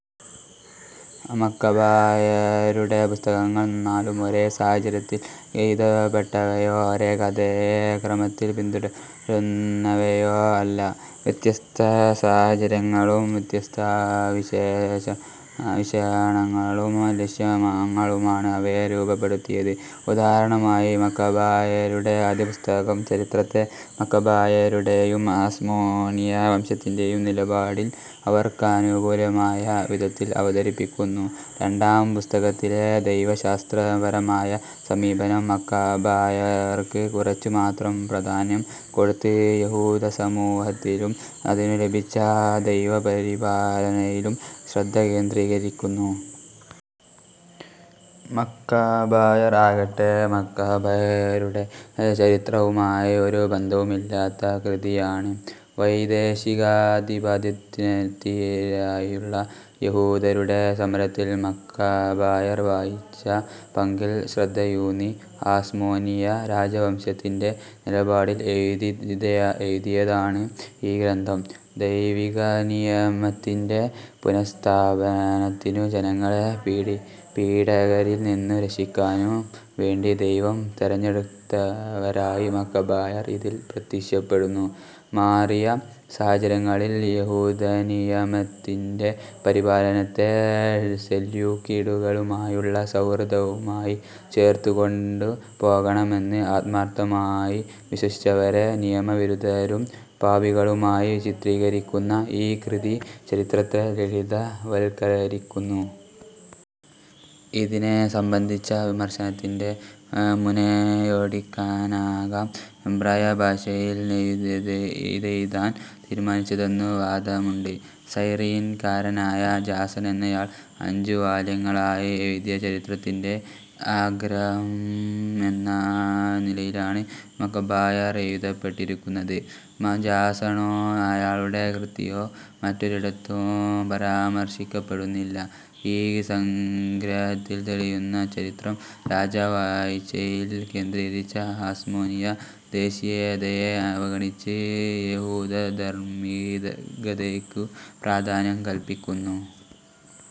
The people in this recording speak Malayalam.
മക്കബായരുടെ പുസ്തകങ്ങൾ നാലും ഒരേ സാഹചര്യത്തിൽ എഴുതപ്പെട്ടവയോ ഒരേ കഥയെ ക്രമത്തിൽ പിന്തുടരുന്നവയോ അല്ല. വ്യത്യസ്തസാഹചര്യങ്ങളും വ്യത്യസ്തവീക്ഷണങ്ങളും ലക്ഷ്യങ്ങളുമാണ് അവയെ രൂപപ്പെടുത്തിയത്. ഉദാഹരണമായി മക്കബായരുടെ ആദ്യപുസ്തകം ചരിത്രത്തെ, മക്കബായരുടേയും ഹാസ്മോനിയ വംശത്തിന്റേയും നിലപാടിൽ അവർക്കനുകൂലമായ വിധത്തിൽ അവതരിപ്പിക്കുന്നു. രണ്ടാം പുസ്തകത്തിലെ ദൈവശാസ്ത്രപരമായ സമീപനം, മക്കബായർക്ക് കുറച്ചു മാത്രം പ്രാധാന്യം കൊടുത്ത് യഹൂദസമൂഹത്തിലും അതിനു ലഭിച്ച ദൈവപരിപാലനയിലും ശ്രദ്ധകേന്ദ്രീകരിക്കുന്നു. മക്കബായർ ആകട്ടെ, മക്കബായരുടെ ചരിത്രവുമായി ഒരു ബന്ധവുമില്ലാത്ത കൃതിയാണ്. വൈദേശികാധിപത്യത്തിനെതിരായുള്ള യഹൂദരുടെ സമരത്തിൽ മക്കബായർ വഹിച്ച പങ്കിൽ ശ്രദ്ധയൂന്നി ഹാസ്മോനിയ രാജവംശത്തിന്റെ നിലപാടിൽ എഴുതിയതാണ് ഈ ഗ്രന്ഥം. ദൈവികനിയമത്തിന്റെ പുനഃസ്ഥാപനത്തിനും ജനങ്ങളെ പീഡകരിൽ നിന്നു രക്ഷിക്കാനും വേണ്ടി ദൈവം തെരഞ്ഞെടുത്തവരായി മക്കബായർ ഇതിൽ പ്രത്യക്ഷപ്പെടുന്നു. മാറിയ സാഹചര്യങ്ങളിൽ, യഹൂദനിയമത്തിന്റെ പരിപാലനത്തെ സെല്യൂക്കിഡുകളുമായുള്ള സൗഹൃദവുമായി ചേർത്തുകൊണ്ടു പോകണമെന്ന് ആത്മാർത്ഥമായി വിശ്വസിച്ചവരെ നിയമവിരുദ്ധരും പാപികളുമായി ചിത്രീകരിക്കുന്ന ഈ കൃതി ചരിത്രത്തെ ലളിതവൽക്കരിക്കുന്നു. ഇതിനെ സംബന്ധിച്ച വിമർശനത്തിന്റെ മുനയൊടിക്കാനാകാം എബ്രായ ഭാഷയിൽ ഇതെഴുതാൻ തീരുമാനിച്ചതെന്നു വാദമുണ്ട്. സൈറീൻകാരനായ ജാസൺ എന്നയാൾ അഞ്ചു വാല്യങ്ങളായി എഴുതിയ ചരിത്രത്തിന്റെ സംഗ്രഹം എന്ന നിലയിലാണ് മക്കബായർ എഴുതപ്പെട്ടിരിക്കുന്നത്. ജാസണോ അയാളുടെ കൃതിയോ മറ്റൊരിടത്തും പരാമർശിക്കപ്പെടുന്നില്ല. ഈ സംഗ്രഹത്തിൽ തെളിയുന്ന ചരിത്രം, രാജവാഴ്ചയിൽ കേന്ദ്രീകരിച്ച ഹാസ്മോനിയ ദേശീയതയെ അവഗണിച്ച് യഹൂദധാർമ്മികതയ്ക്ക് പ്രാധാന്യം കല്പിക്കുന്നു.